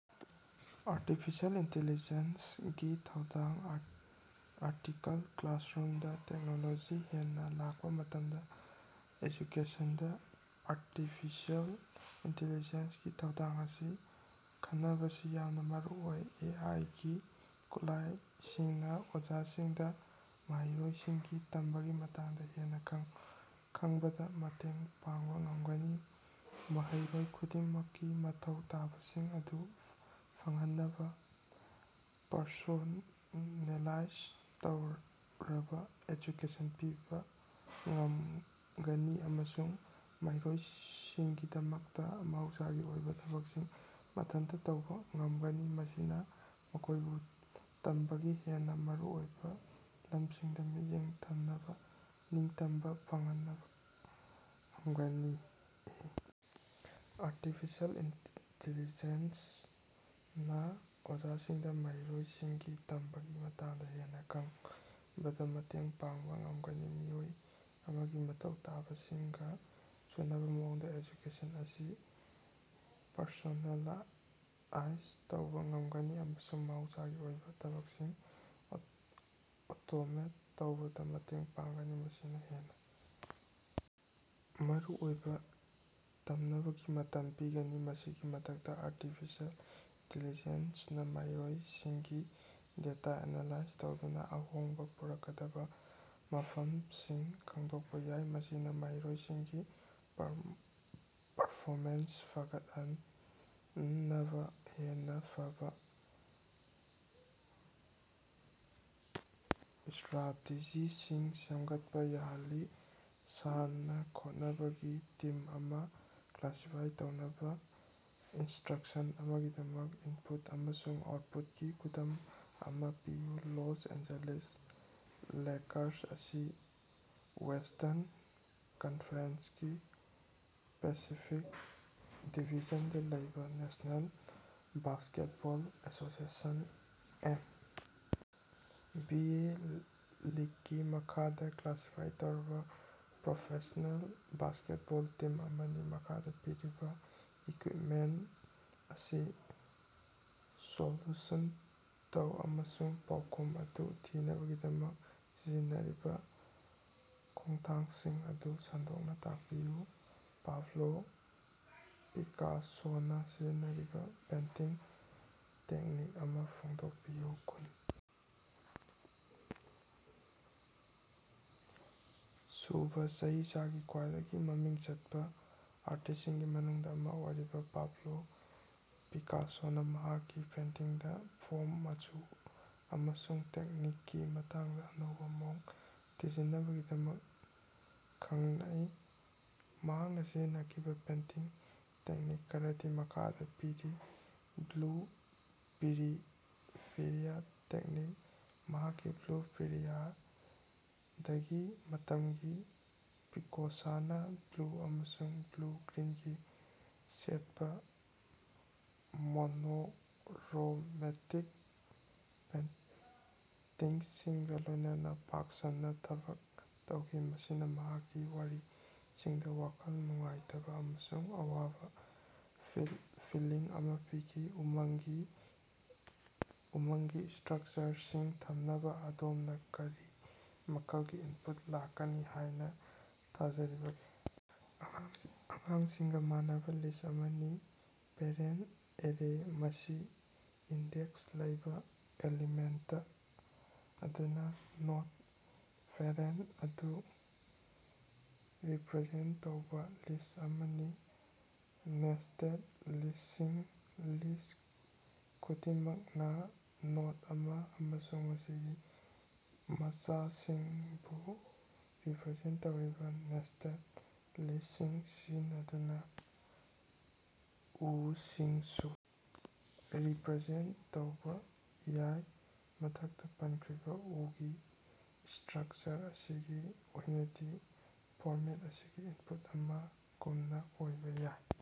Artificial intelligence ꯒꯤ ꯊꯧꯗꯥꯡ꯫ Article: ꯀ꯭ꯂꯥꯁꯔꯨꯝꯗꯥ ꯇꯦꯛꯅꯣꯂꯣꯖꯤ ꯍꯦꯟꯅꯥ ꯂꯥꯛꯄ ꯃꯇꯝꯗ ꯑꯦꯖꯨꯀꯦꯁꯟꯗ ꯑꯥꯔꯇꯤꯐꯤꯁꯤꯑꯦꯜ ꯏꯟꯇꯤꯂꯤꯖꯦꯟꯁ ꯒꯤ ꯊꯧꯗꯥꯡ ꯑꯁꯤ ꯈꯟꯅꯕꯁꯤ ꯌꯥꯝꯅꯥ ꯃꯔꯨꯑꯣꯏ꯫ ꯑꯦ ꯑꯥꯏ ꯒꯤ ꯈꯨꯠꯂꯥꯏꯁꯤꯡꯅ ꯑꯣꯖꯥꯁꯤꯡꯗ ꯃꯍꯩꯔꯣꯏꯁꯤꯡꯒꯤ ꯇꯝꯕꯒꯤ ꯃꯇꯥꯡꯗ ꯍꯦꯟꯅ ꯈꯪꯕꯗꯥ ꯃꯇꯦꯡ ꯄꯥꯡꯕ ꯉꯝꯒꯅꯤ, ꯃꯍꯩꯔꯣꯏ ꯈꯨꯗꯤꯡꯃꯛꯀꯤ ꯃꯊꯧ ꯇꯥꯕꯁꯤꯡ ꯑꯗꯨ ꯐꯪꯍꯟꯅꯕꯥ ꯄꯔꯁꯣꯅꯦꯂꯥꯏꯖ ꯇꯧꯔꯕꯥ ꯑꯦꯖꯨꯀꯦꯁꯟ ꯄꯤꯕ ꯉꯝꯒꯅꯤ ꯑꯃꯁꯨꯡ ꯃꯍꯩꯔꯣꯏꯁꯤꯡꯒꯤꯗꯃꯛꯇꯥ ꯃꯍꯧꯁꯥꯒꯤ ꯑꯣꯏꯕ ꯊꯕꯛꯁꯤꯡ ꯃꯊꯟꯇ ꯇꯧꯕ ꯉꯝꯒꯅꯤ꯫ꯃꯁꯤꯅꯥ ꯃꯈꯣꯏꯕꯨ ꯇꯝꯕꯒꯤ ꯍꯦꯟꯅ ꯃꯔꯨꯑꯣꯏꯕ ꯂꯝꯁꯤꯡꯗ ꯃꯤꯠꯌꯦꯡ ꯊꯝꯅꯕ ꯅꯤꯡꯇꯝꯕ ꯐꯪꯍꯅꯕ ꯉꯝꯒꯅꯤ꯫ ꯑꯦ. ꯑꯥꯔꯇꯤꯐꯤꯁꯤꯑꯦꯜ ꯏꯟꯇꯤꯂꯤꯖꯦꯟꯁ ꯅꯥ ꯑꯣꯖꯥꯁꯤꯡꯗꯥ ꯃꯍꯩꯔꯣꯏꯁꯤꯡꯒꯤ ꯇꯝꯕꯒꯤ ꯃꯇꯥꯡꯗꯥ ꯍꯦꯟꯅꯥ ꯈꯪꯕꯗ ꯃꯇꯦꯡ ꯄꯥꯡꯕꯥ ꯉꯝꯒꯅꯤ, ꯃꯤꯑꯣꯏ ꯑꯃꯒꯤ ꯃꯊꯧ ꯇꯥꯕꯁꯤꯡꯒ ꯆꯨꯅꯕ ꯃꯑꯣꯡꯗ ꯑꯦꯖꯨꯀꯦꯁꯟ ꯑꯁꯤ ꯄꯔꯁꯣꯅꯦꯂꯥꯏꯖ ꯇꯧꯕꯥ ꯉꯝꯒꯅꯤ ꯑꯃꯁꯨꯡ ꯃꯍꯧꯁꯥꯒꯤ ꯑꯣꯏꯕ ꯊꯕꯛꯁꯤꯡ ꯑꯣꯇꯣꯃꯦꯠ ꯇꯧꯕꯗꯥ ꯃꯇꯦꯡ ꯄꯥꯡꯒꯅꯤ, ꯃꯁꯤꯅꯥ ꯍꯦꯟꯅ ꯃꯔꯨꯑꯣꯏꯕ ꯇꯝꯅꯕꯒꯤ ꯃꯇꯝ ꯄꯤꯒꯅꯤ꯫ ꯃꯁꯤꯒꯤ ꯃꯊꯛꯇꯥ ꯑꯥꯔꯇꯤꯐꯤꯁꯤꯑꯦꯜ ꯏꯟꯇꯤꯂꯤꯖꯦꯟꯁ ꯅꯥ ꯃꯍꯩꯔꯣꯏꯁꯤꯡꯒꯤ ꯗꯦꯇꯥ ꯑꯦꯅꯥꯂꯥꯏꯖ ꯇꯧꯗꯨꯅꯥ ꯑꯍꯣꯡꯕ ꯄꯨꯔꯛꯀꯗꯕ ꯃꯐꯝꯁꯤꯡ ꯈꯪꯗꯣꯛꯄꯥ ꯌꯥꯏ, ꯃꯁꯤꯅꯥ ꯃꯍꯩꯔꯣꯏꯁꯤꯡꯒꯤ ꯄꯔꯐꯣꯃꯦꯟꯁ ꯐꯒꯠꯍꯟꯅꯕꯥ ꯍꯦꯟꯅꯥ ꯐꯕꯥ ꯁ꯭ꯠꯔꯦꯇꯦꯖꯤꯁꯤꯡ ꯁꯦꯝꯒꯠꯄꯥ ꯌꯥꯍꯜꯂꯤ꯫ ꯁꯥꯟꯅ-ꯈꯣꯠꯅꯕꯒꯤ ꯇꯤꯝ ꯑꯃ ꯀ꯭ꯂꯥꯁꯤꯐꯥꯏ ꯇꯧꯅꯕ ꯏꯅꯁꯇ꯭ꯔꯛꯁꯟ ꯑꯃꯒꯤꯗꯃꯛ ꯏꯟꯄꯨꯠ ꯑꯃꯁꯨꯡ ꯑꯥꯎꯠꯄꯨꯠꯀꯤ ꯈꯨꯗꯝ ꯑꯃꯥ ꯄꯤꯌꯨ꯫ ꯂꯣꯁ ꯑꯦꯟꯖꯦꯂꯤꯁ ꯂꯦꯀꯔꯁ ꯑꯁꯤ ꯋꯦꯁꯇꯔꯟ ꯀꯟꯐꯔꯦꯟꯁꯀꯤ ꯄꯦꯁꯤꯐꯤꯛ ꯗꯤꯕꯤꯖꯟꯗꯥ ꯂꯩꯕꯥ national basketball association (N. B. A.) ꯂꯤꯒꯀꯤ ꯃꯈꯥꯗꯥ ꯀ꯭ꯂꯥꯁꯤꯐꯥꯏ ꯇꯧꯔꯕꯥ ꯄ꯭ꯔꯣꯐꯦꯁꯅꯦꯜ ꯕꯥꯁꯀꯦꯠꯕꯣꯜ ꯇꯤꯝ ꯑꯃꯅꯤ꯫ ꯃꯈꯥꯗꯥ ꯄꯤꯔꯤꯕꯥ ꯏꯀ꯭ꯌꯨꯏꯞꯃꯦꯟꯇ ꯑꯁꯤ ꯁꯣꯜꯌꯨꯁꯟ ꯇꯧ ꯑꯃꯁꯨꯡ ꯄꯥꯎꯈꯨꯝ ꯑꯗꯨ ꯊꯤꯅꯕꯒꯤꯗꯃꯛ ꯁꯤꯖꯤꯟꯅꯔꯤꯕꯥ ꯈꯣꯡꯊꯥꯡꯁꯤꯡ ꯑꯗꯨ ꯁꯟꯗꯣꯛꯅꯥ ꯇꯥꯛꯄꯤꯌꯨ꯫ ꯄꯥꯕꯂꯣ ꯄꯤꯀꯥꯁꯣꯅꯥ ꯁꯤꯖꯤꯟꯅꯔꯤꯕ ꯄꯦꯟꯇꯤꯡ ꯇꯦꯛꯅꯤꯛ ꯑꯃꯥ ꯐꯣꯡꯗꯣꯛꯄꯤꯌꯨ꯫ ꯀꯨꯟ ꯁꯨꯕꯥ ꯆꯍꯤꯆꯥꯒꯤ ꯈ꯭ꯋꯥꯏꯗꯒꯤ ꯃꯃꯤꯡ ꯆꯠꯄꯥ ꯑꯥꯔꯇꯤꯁꯁꯤꯡꯒꯤ ꯃꯅꯨꯡꯗꯥ ꯑꯃꯥ ꯑꯣꯏꯔꯤꯕꯥ ꯄꯥꯕꯂꯣ ꯄꯤꯀꯥꯁꯣꯅꯥ ꯃꯍꯥꯛꯀꯤ ꯄꯦꯟꯇꯤꯡꯗ ꯐꯣꯝ, ꯃꯆꯨ ꯑꯃꯁꯨꯡ ꯇꯦꯛꯅꯤꯛꯀꯤ ꯃꯇꯥꯡꯗꯥ ꯑꯅꯧꯕꯥ ꯃꯑꯣꯡꯗꯥ ꯊꯤꯖꯤꯟꯅꯕꯒꯤꯗꯃꯛ ꯈꯪꯅꯩ꯫ ꯃꯍꯥꯛꯅꯥ ꯁꯤꯖꯤꯟꯅꯈꯤꯕꯥ ꯄꯦꯟꯇꯤꯡ ꯇꯦꯛꯅꯤꯛ ꯈꯔꯗꯤ ꯃꯈꯥꯗꯥ ꯄꯤꯔꯤ: ꯕ꯭ꯂꯨ ꯄꯤꯔꯤꯌꯗ ꯇꯦꯛꯅꯤꯛ: ꯃꯍꯥꯛꯀꯤ ꯕ꯭ꯂꯨ ꯄꯤꯔꯤꯌꯗꯒꯤ ꯃꯇꯝꯗꯥ ꯄꯤꯀꯥꯁꯣꯅꯥ ꯕ꯭ꯂꯨ ꯑꯃꯁꯨꯡ ꯕ꯭ꯂꯨ-ꯒ꯭ꯔꯤꯟꯒꯤ ꯁꯦꯠꯄꯥ ꯃꯣꯅꯣꯛꯔꯣꯃꯦꯇꯤꯛ ꯄꯦꯟꯇꯤꯡꯁꯤꯡꯒꯥ ꯂꯣꯏꯅꯅ ꯄꯥꯛ ꯁꯟꯅꯥ ꯊꯕꯛ ꯇꯧꯈꯤ, ꯃꯁꯤꯅ ꯃꯍꯥꯛꯀꯤ ꯋꯥꯔꯤꯁꯤꯡꯗ ꯋꯥꯈꯜ ꯅꯨꯡꯉꯥꯏꯇꯕ ꯑꯃꯁꯨꯡ ꯑꯋꯥꯕ ꯐꯤꯜꯂꯤꯡ ꯑꯃ ꯄꯤꯈꯤ꯫ ꯎꯃꯪꯒꯤ ꯏꯁꯇ꯭ꯔꯛꯆꯔꯁꯤꯡ ꯊꯝꯅꯕ ꯑꯗꯣꯝꯅ ꯀꯔꯤ ꯃꯈꯜꯒꯤ ꯏꯟꯄꯨꯠ ꯂꯥꯛꯀꯅꯤ ꯍꯥꯏꯅ ꯊꯥꯖꯔꯤꯕꯒꯦ? ꯑꯉꯥꯡꯁꯤꯡꯒꯥ ꯃꯥꯟꯅꯕꯥ ꯂꯤꯁ ꯑꯃꯅꯤ꯫ ꯄꯦꯔꯦꯟꯇ ꯑꯦꯔꯦ: ꯃꯁꯤ ꯏꯟꯗꯦꯛꯁ ꯂꯩꯕꯥ ꯑꯦꯂꯤꯃꯦꯟꯇ ꯑꯗꯨꯅ ꯅꯣꯗ ꯄꯦꯔꯦꯟꯇ ꯑꯗꯨ ꯔꯤꯄ꯭ꯔꯖꯦꯟꯇ ꯇꯧꯕꯥ ꯂꯤꯁ ꯑꯃꯅꯤ꯫ ꯅꯦꯁꯇꯦꯗ ꯂꯤꯁ꯭ꯇꯁꯤꯡ: ꯂꯤꯁ꯭ ꯈꯨꯗꯤꯡꯃꯛꯅꯥ ꯅꯣꯗ ꯑꯃꯥ ꯑꯃꯁꯨꯡ ꯃꯁꯤꯒꯤ ꯃꯆꯥꯁꯤꯡꯕꯨ ꯔꯤꯄ꯭ꯔꯖꯦꯟꯇ ꯇꯧꯔꯤꯕꯥ ꯅꯦꯁꯇꯦꯗ ꯂꯤꯁ꯭ꯇꯁꯤꯡ ꯁꯤꯖꯤꯟꯅꯗꯨꯅꯥ ꯎꯁꯤꯡꯁꯨ ꯔꯤꯄ꯭ꯔꯖꯦꯟꯇ ꯇꯧꯕꯥ ꯌꯥꯏ꯫ ꯃꯊꯛꯇꯥ ꯄꯟꯈ꯭ꯔꯤꯕꯥ ꯎꯒꯤ ꯏꯁꯇ꯭ꯔꯛꯆꯔ ꯑꯁꯤꯒꯤ ꯑꯣꯏꯅꯗꯤ, ꯐꯣꯔꯃꯦꯠ ꯑꯁꯤꯒꯤ ꯏꯟꯄꯨꯠ ꯑꯃ ꯒꯨꯝꯅꯥ ꯑꯣꯏꯕꯥ ꯌꯥꯏ꯫